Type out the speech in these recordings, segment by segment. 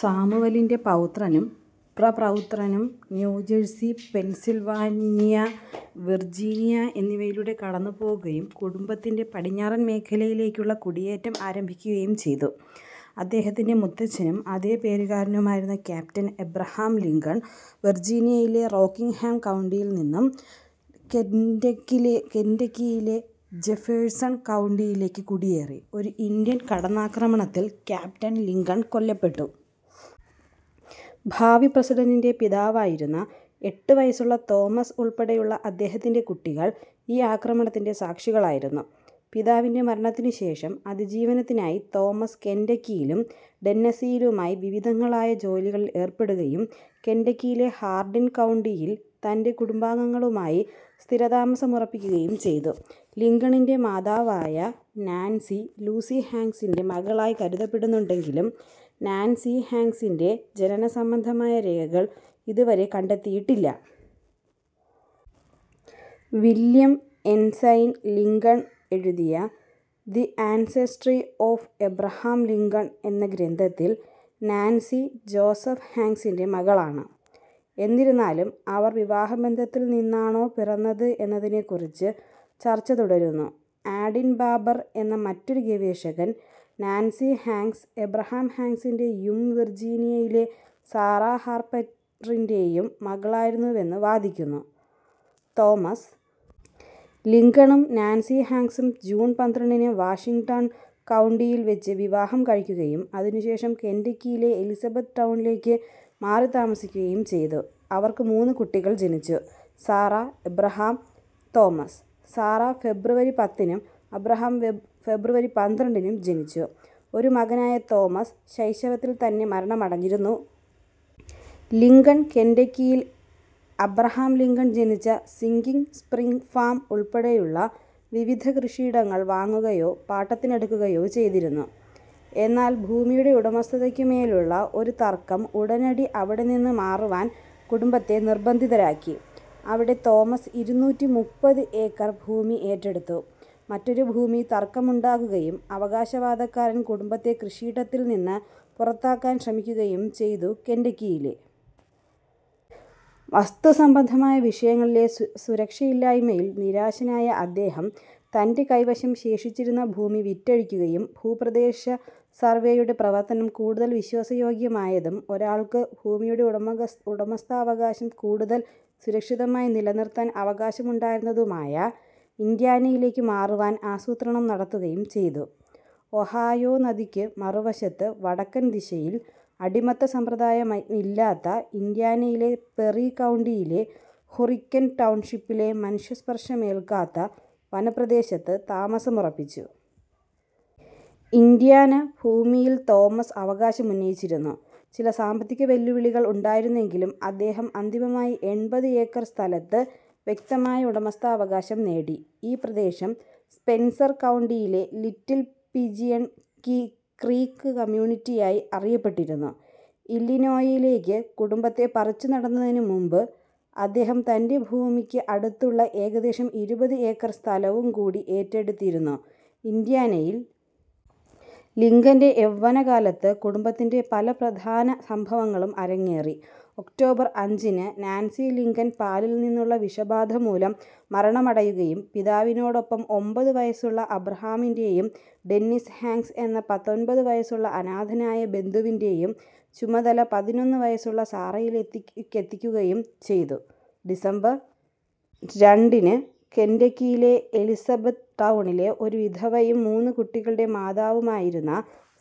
സാമുവലിൻ്റെ പൗത്രനും പ്രപൗത്രനും New Jersey, Pennsylvania, Virginia എന്നിവയിലൂടെ കടന്നുപോകുകയും കുടുംബത്തിൻ്റെ പടിഞ്ഞാറൻ മേഖലയിലേക്കുള്ള കുടിയേറ്റം ആരംഭിക്കുകയും ചെയ്തു. അദ്ദേഹത്തിൻ്റെ മുത്തച്ഛനും അതേ പേരുകാരനുമായിരുന്ന ക്യാപ്റ്റൻ അബ്രഹാം ലിങ്കൺ വിർജീനിയയിലെ റോക്കിങ്ങ്ഹാം കൗണ്ടിയിൽ നിന്നും കെൻറെകെന്റക്കിയിലെ ജെഫേഴ്സൺ കൗണ്ടിയിലേക്ക് കുടിയേറി. ഒരു ഇന്ത്യൻ കടന്നാക്രമണത്തിൽ ക്യാപ്റ്റൻ ലിങ്കൺ കൊല്ലപ്പെട്ടു ഭാവി പ്രസിഡന്റിൻ്റെ പിതാവായിരുന്ന എട്ടുവയസ്സുള്ള തോമസ് ഉൾപ്പെടെയുള്ള അദ്ദേഹത്തിൻ്റെ കുട്ടികൾ ഈ ആക്രമണത്തിൻ്റെ സാക്ഷികളായിരുന്നു. പിതാവിൻ്റെ മരണത്തിനുശേഷം അതിജീവനത്തിനായി തോമസ് കെന്റക്കിയിലും ടെന്നസിയിലുമായി വിവിധങ്ങളായ ജോലികളിൽ ഏർപ്പെടുകയും കെന്റക്കിയിലെ ഹാർഡിൻ കൗണ്ടിയിൽ തൻ്റെ കുടുംബാംഗങ്ങളുമായി സ്ഥിരതാമസമുറപ്പിക്കുകയും ചെയ്തു. ലിങ്കണിൻ്റെ മാതാവായ നാൻസി, ലൂസി ഹാങ്ക്സിൻ്റെ മകളായി കരുതപ്പെടുന്നുണ്ടെങ്കിലും, നാൻസി ഹാങ്ക്സിൻ്റെ ജനനസംബന്ധമായ രേഖകൾ ഇതുവരെ കണ്ടെത്തിയിട്ടില്ല. വില്യം എൻസൈൻ ലിങ്കൺ എഴുതിയ the ancestry of Abraham Lincoln എന്ന ഗ്രന്ഥത്തിൽ നാൻസി, ജോസഫ് ഹാങ്ക്സിൻ്റെ മകളാണ്. എന്നിരുന്നാലും, അവർ വിവാഹബന്ധത്തിൽ നിന്നാണോ പിറന്നത് എന്നതിനെക്കുറിച്ച് ചർച്ച തുടരുന്നു. ആഡിൻ ബാബർ എന്ന മറ്റൊരു ഗവേഷകൻ, നാൻസി ഹാങ്ക്സ്, എബ്രഹാം ഹാങ്ക്സിൻ്റെ യും വിർജീനിയയിലെ സാറാ ഹാർപ്പറിൻ്റെ യും മകളായിരുന്നുവെന്ന് വാദിക്കുന്നു. തോമസ് ലിങ്കണും നാൻസി ഹാങ്ക്സും ജൂൺ പന്ത്രണ്ടിന് വാഷിംഗ്ടൺ കൗണ്ടിയിൽവച്ച് വിവാഹം കഴിക്കുകയും അതിനുശേഷം കെന്റക്കിയിലെ എലിസബത്ത് ടൗണിലേക്ക് മാറിത്താമസിക്കുകയും ചെയ്തു. അവർക്ക് മൂന്ന് കുട്ടികൾ ജനിച്ചു. Sarah, Abraham, Thomas. സാറാ ഫെബ്രുവരി പത്തിനും അബ്രഹാം ഫെബ്രുവരി പന്ത്രണ്ടിനും ജനിച്ചു. ഒരു മകനായ തോമസ് ശൈശവത്തിൽത്തന്നെ മരണമടഞ്ഞിരുന്നു. തോമസ് ലിങ്കൺ കെന്റക്കിയിൽ അബ്രഹാം ലിങ്കൺ ജനിച്ച സിങ്കിംഗ് സ്പ്രിംഗ് ഫാം ഉൾപ്പെടെയുള്ള വിവിധ കൃഷിയിടങ്ങൾ വാങ്ങുകയോ പാട്ടത്തിനെടുക്കുകയോ ചെയ്തിരുന്നു. എന്നാൽ ഭൂമിയുടെ ഉടമസ്ഥതയ്ക്കുമേലുള്ള ഒരു തർക്കം ഉടനടി അവിടെനിന്ന് മാറുവാൻ കുടുംബത്തെ നിർബന്ധിതരാക്കി. അവിടെ തോമസ് ഇരുന്നൂറ്റിമുപ്പത് ഏക്കർ ഭൂമി ഏറ്റെടുത്തു. മറ്റൊരു ഭൂമി തർക്കമുണ്ടാകുകയും അവകാശവാദക്കാരൻ കുടുംബത്തെ കൃഷിയിടത്തിൽനിന്ന് പുറത്താക്കാൻ ശ്രമിക്കുകയും ചെയ്തു. കെന്റക്കിയിലെ വസ്തുസംബന്ധമായ വിഷയങ്ങളിലെ സുരക്ഷയില്ലായ്മയിൽ നിരാശനായ അദ്ദേഹം തൻ്റെ കൈവശം ശേഷിച്ചിരുന്ന ഭൂമി വിറ്റഴിക്കുകയും ഭൂപ്രദേശ സർവേയുടെ പ്രവർത്തനം കൂടുതൽ വിശ്വാസയോഗ്യമായതും ഒരാൾക്ക് ഭൂമിയുടെ ഉടമസ്ഥാവകാശം കൂടുതൽ സുരക്ഷിതമായി നിലനിർത്താൻ അവകാശമുണ്ടായിരുന്നതുമായ ഇൻഡ്യാനയിലേക്ക് മാറുവാൻ ആസൂത്രണം നടത്തുകയും ചെയ്തു. ഒഹായോ നദിക്കു മറുവശത്ത് വടക്കൻ ദിശയിൽ, അടിമത്ത സമ്പ്രദായമില്ലാത്ത ഇൻഡ്യാനയിലെ പെറി കൗണ്ടിയിലെ ഹുറിക്കൻ ടൗൺഷിപ്പിലെ മനുഷ്യസ്പർശമേൽക്കാത്ത വനപ്രദേശത്ത് താമസമുറപ്പിച്ചു. ഇൻഡ്യാന ഭൂമിയിൽ തോമസ് അവകാശമുന്നയിച്ചിരുന്നു. ചില സാമ്പത്തിക വെല്ലുവിളികൾ ഉണ്ടായിരുന്നെങ്കിലും അദ്ദേഹം അന്തിമമായി എൺപത് ഏക്കർ സ്ഥലത്ത് വ്യക്തമായ ഉടമസ്ഥാവകാശം നേടി. ഈ പ്രദേശം സ്പെൻസർ കൗണ്ടിയിലെ ലിറ്റിൽ പിജിയൺ ക്രീക്ക് കമ്മ്യൂണിറ്റിയായി അറിയപ്പെട്ടിരുന്നു. ഇല്ലിനോയിയിലേക്ക് കുടുംബത്തെ പറിച്ചുനടുന്നതിനുമുമ്പ്, അദ്ദേഹം തൻ്റെ ഭൂമിക്ക് അടുത്തുള്ള ഏകദേശം ഇരുപത് ഏക്കർ സ്ഥലവും കൂടി ഏറ്റെടുത്തിരുന്നു. ഇൻഡ്യാനയിൽ ലിങ്കൻ്റെ യൗവ്വനകാലത്ത് കുടുംബത്തിൽ പല പ്രധാന സംഭവങ്ങളും അരങ്ങേറി. ഒക്ടോബർ അഞ്ചിന്, നാൻസി ലിങ്കൻ പാലിൽനിന്നുള്ള വിഷബാധ മൂലം മരണമടയുകയും പിതാവിനോടൊപ്പം ഒമ്പത് വയസ്സുള്ള അബ്രഹാമിൻ്റെ യും ഡെന്നിസ് ഹാങ്ക്സ് എന്ന പത്തൊമ്പത് വയസ്സുള്ള അനാഥനായ ബന്ധുവിൻ്റെ യും ചുമതല പതിനൊന്ന് വയസ്സുള്ള സാറയിലേക്കെത്തുകയും ചെയ്തു. ഡിസംബർ രണ്ടിന് കെന്റക്കിയിലെ എലിസബത്ത് ടൗണിലെ ഒരു വിധവയും മൂന്ന് കുട്ടികളുടെ മാതാവുമായിരുന്ന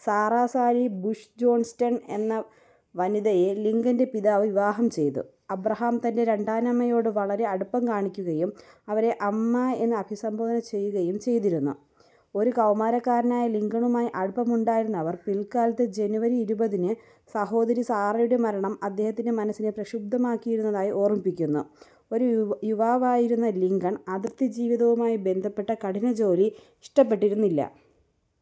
സാറാ സാലി ബുഷ് ജോൺസ്റ്റൺ എന്ന വനിതയെ ലിങ്കൻ്റെ പിതാവ് വിവാഹം ചെയ്തു. അബ്രഹാം തൻ്റെ രണ്ടാനമ്മയോട് വളരെ അടുപ്പം കാണിക്കുകയും അവരെ അമ്മ എന്ന് അഭിസംബോധന ചെയ്യുകയും ചെയ്തിരുന്നു. ഒരു കൗമാരക്കാരനായ ലിങ്കണുമായി അടുപ്പമുണ്ടായിരുന്നവർ പിൽക്കാലത്ത് ജനുവരി ഇരുപതിന് സഹോദരി സാറയുടെ മരണം അദ്ദേഹത്തിൻ്റെ മനസ്സിനെ പ്രക്ഷുബ്ധമാക്കിയിരുന്നതായി ഓർമിക്കുന്നു. ഒരു യുവാവായിരുന്ന ലിങ്കൺ, അതിർത്തി ജീവിതവുമായി ബന്ധപ്പെട്ട കഠിനജോലി ഇഷ്ടപ്പെട്ടിരുന്നില്ല.